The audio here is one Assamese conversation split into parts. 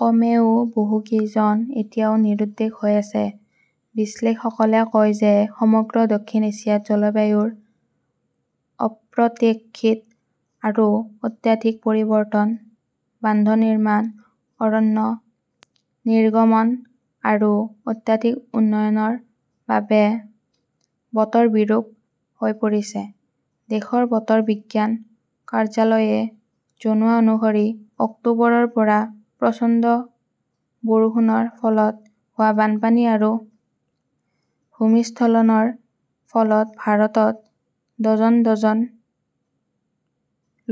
কমেও বহু কেইজন এতিয়াও নিৰুদ্দেশ হৈ আছে। বিশ্লেষকসকলে কয় যে সমগ্ৰ দক্ষিণ এছিয়াত জলবায়ুৰ অপ্ৰত্যশিত আৰু অত্যাধিক পৰিৱৰ্তন, বান্ধ নিৰ্মাণ, অৰণ্য নিৰ্গমন আৰু অত্যাধিক উন্নয়নৰ বাবে বতৰ বিৰূপ হৈ পৰিছে। দেশৰ বতৰ বিজ্ঞান কাৰ্যালয়ে জনোৱা অনুসৰি অক্টোবৰৰ পৰা প্ৰচণ্ড বৰষুণৰ ফলত হোৱা বানপানী আৰু ভূমিস্খলনৰ ফলত ভাৰতত ডজন ডজন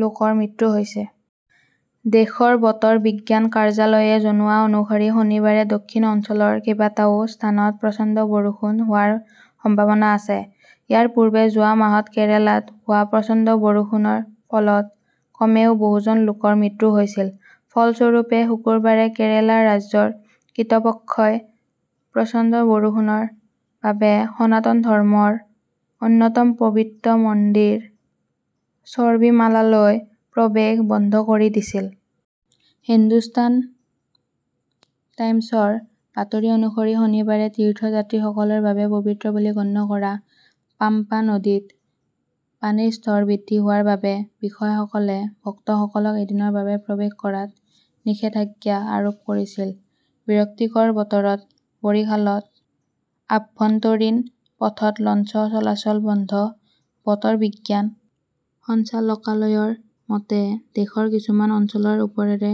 লোকৰ মৃত্যু হৈছে। দেশৰ বতৰ বিজ্ঞান কাৰ্যালয়ে জনোৱা অনুসৰি শনিবাৰে দক্ষিণ অঞ্চলৰ কেইবাটাও স্থানত প্ৰচণ্ড বৰষুণ হোৱাৰ সম্ভাৱনা আছে। ইয়াৰ পূৰ্বে যোৱা মাহত কেৰালাত হোৱা প্ৰচণ্ড বৰষুণৰ ফলত কমেও বহুজন লোকৰ মৃত্যু হৈছিল। ফলস্বৰূপে, শুকুৰবাৰে কেৰালা ৰাজ্যৰ কৃৰ্তপক্ষই প্ৰচণ্ড বৰষুণৰ বাবে সনাতন ধৰ্মৰ অন্যতম পবিত্ৰ মন্দিৰ শবৰীমালালৈ প্ৰৱেশ বন্ধ কৰি দিছিল। হিন্দুস্থান টাইমছৰ বাতৰি অনুসৰি, শনিবাৰে তীৰ্থযাত্ৰীসকলৰ বাবে পবিত্ৰ বুলি গণ্য কৰা পাম্পা নদীত পানীৰ স্তৰ বৃদ্ধি হোৱাৰ বাবে বিষয়াসকলে ভক্তসকলক এদিনৰ বাবে প্ৰৱেশ কৰাত নিষেধাজ্ঞা আৰোপ কৰিছিল। বিৰক্তিকৰ বতৰত বৰিশালত আভ্যন্তৰীণ পথত লঞ্চ চলাচল বন্ধ বতৰ বিজ্ঞান সঞ্চালকালয়ৰ মতে, দেশৰ কিছুমান অঞ্চলৰ ওপৰেৰে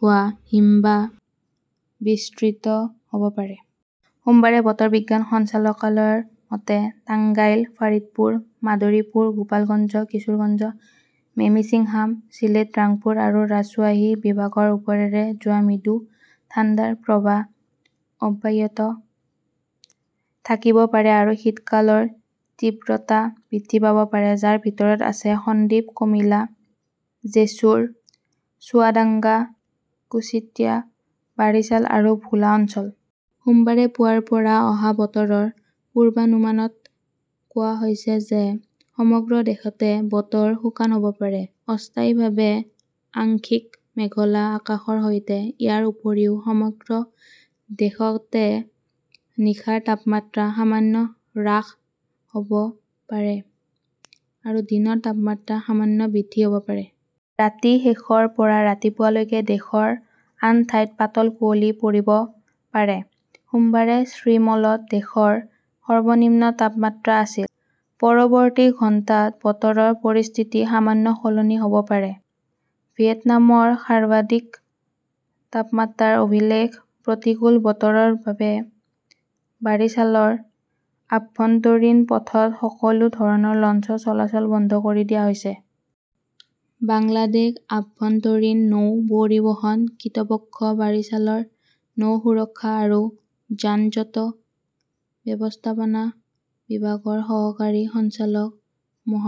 হোৱা হিমবাহ বিস্তৃত হ'ব পাৰে। সোমবাৰে বতৰ বিজ্ঞান সঞ্চালকালয়ৰ মতে, টাঙ্গাইল, ফাৰিদপুৰ, মাদৰীপুৰ, গোপালগঞ্জ, কিশোৰগঞ্জ। মেমিন্সিংহাম, ছিলেট, ৰাংপুৰ আৰু ৰাজশ্বাহী বিভাগৰ ওপৰেৰে যোৱা মৃদু ঠাণ্ডাৰ প্ৰৱাহ অব্যাহত থাকিব পাৰে আৰু শীতকালৰ তীব্ৰতা বৃদ্ধি পাব পাৰে, যাৰ ভিতৰত আছে সন্দিপ, কমিলা, জেছুৰ, চুৱাদাঙ্গা, কুশ্তিয়া, বাৰিছাল আৰু ভোলা অঞ্চল। সোমবাৰে পুৱাৰ পৰা অহা বতৰৰ পূৰ্বানুমানত কোৱা হৈছে যে সমগ্ৰ দেশতে বতৰ শুকান হ'ব পাৰে, অস্থায়ীভাৱে আংশিক মেঘলা আকাশৰ সৈতে। ইয়াৰ উপৰিও সমগ্ৰ দেশতে নিশাৰ তাপমাত্ৰা সামান্য হ্ৰাস হ'ব পাৰে আৰু দিনৰ তাপমাত্ৰা সামান্য বৃদ্ধি হ'ব পাৰে। ৰাতিৰ শেষৰ পৰা ৰাতিপুৱালৈকে দেশৰ আন ঠাইত পাতল কুঁৱলী পৰিব পাৰে। সোমবাৰে শ্ৰীমলত দেশৰ সৰ্বনিম্ন তাপমাত্ৰা আছিল। পৰৱৰ্তী ঘণ্টাত বতৰৰ পৰিস্থিতি সামান্য সলনি হ'ব পাৰে। ভিয়েটনামৰ সৰ্বাধিক তাপমাত্ৰাৰ অভিলেখ প্ৰতিকূল বতৰৰ বাবে বাৰিছালৰ আভ্যন্তৰীণ পথত সকলো ধৰণৰ লঞ্চ চলাচল বন্ধ কৰি দিয়া হৈছে। বাংলাদেশ আভ্যন্তৰীণ নৌ পৰিবহণ কৰ্তৃপক্ষ বাৰিছালৰ নৌ সুৰক্ষা আৰু যান-জঁট ব্যৱস্থাপনা বিভাগৰ সহকাৰী সঞ্চালক মো.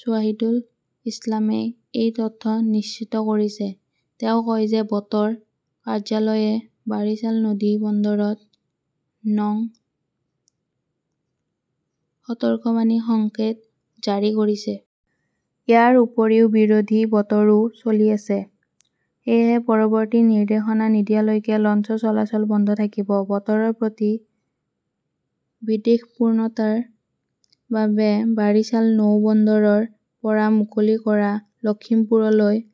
শ্বহিদুল ইছলামই এই তথ্য নিশ্চিত কৰিছে। তেওঁ কয় যে বতৰ কাৰ্যালয়ে বাৰিছাল নদী বন্দৰত নং সতৰ্কবাণী সংকেত জাৰি কৰিছে। ইয়াৰ উপৰিও বিৰোধী বতৰো চলি আছে। সেয়েহে পৰৱৰ্তী নিৰ্দেশনা নিদিয়ালৈকে লঞ্চ চলাচল বন্ধ থাকিব। বতৰৰ প্ৰতি বিদ্বেষপূৰ্ণতাৰ বাবে বাৰিছাল নৌ বন্দৰৰ পৰা মুকলি কৰা লক্ষ্মীপুৰলৈ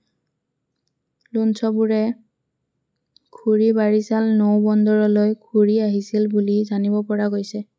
লোঞ্চবোৰে ঘূৰি বাৰিছাল নৌ বন্দৰলৈ ঘূৰি আহিছিল বুলি জানিব পৰা গৈছে।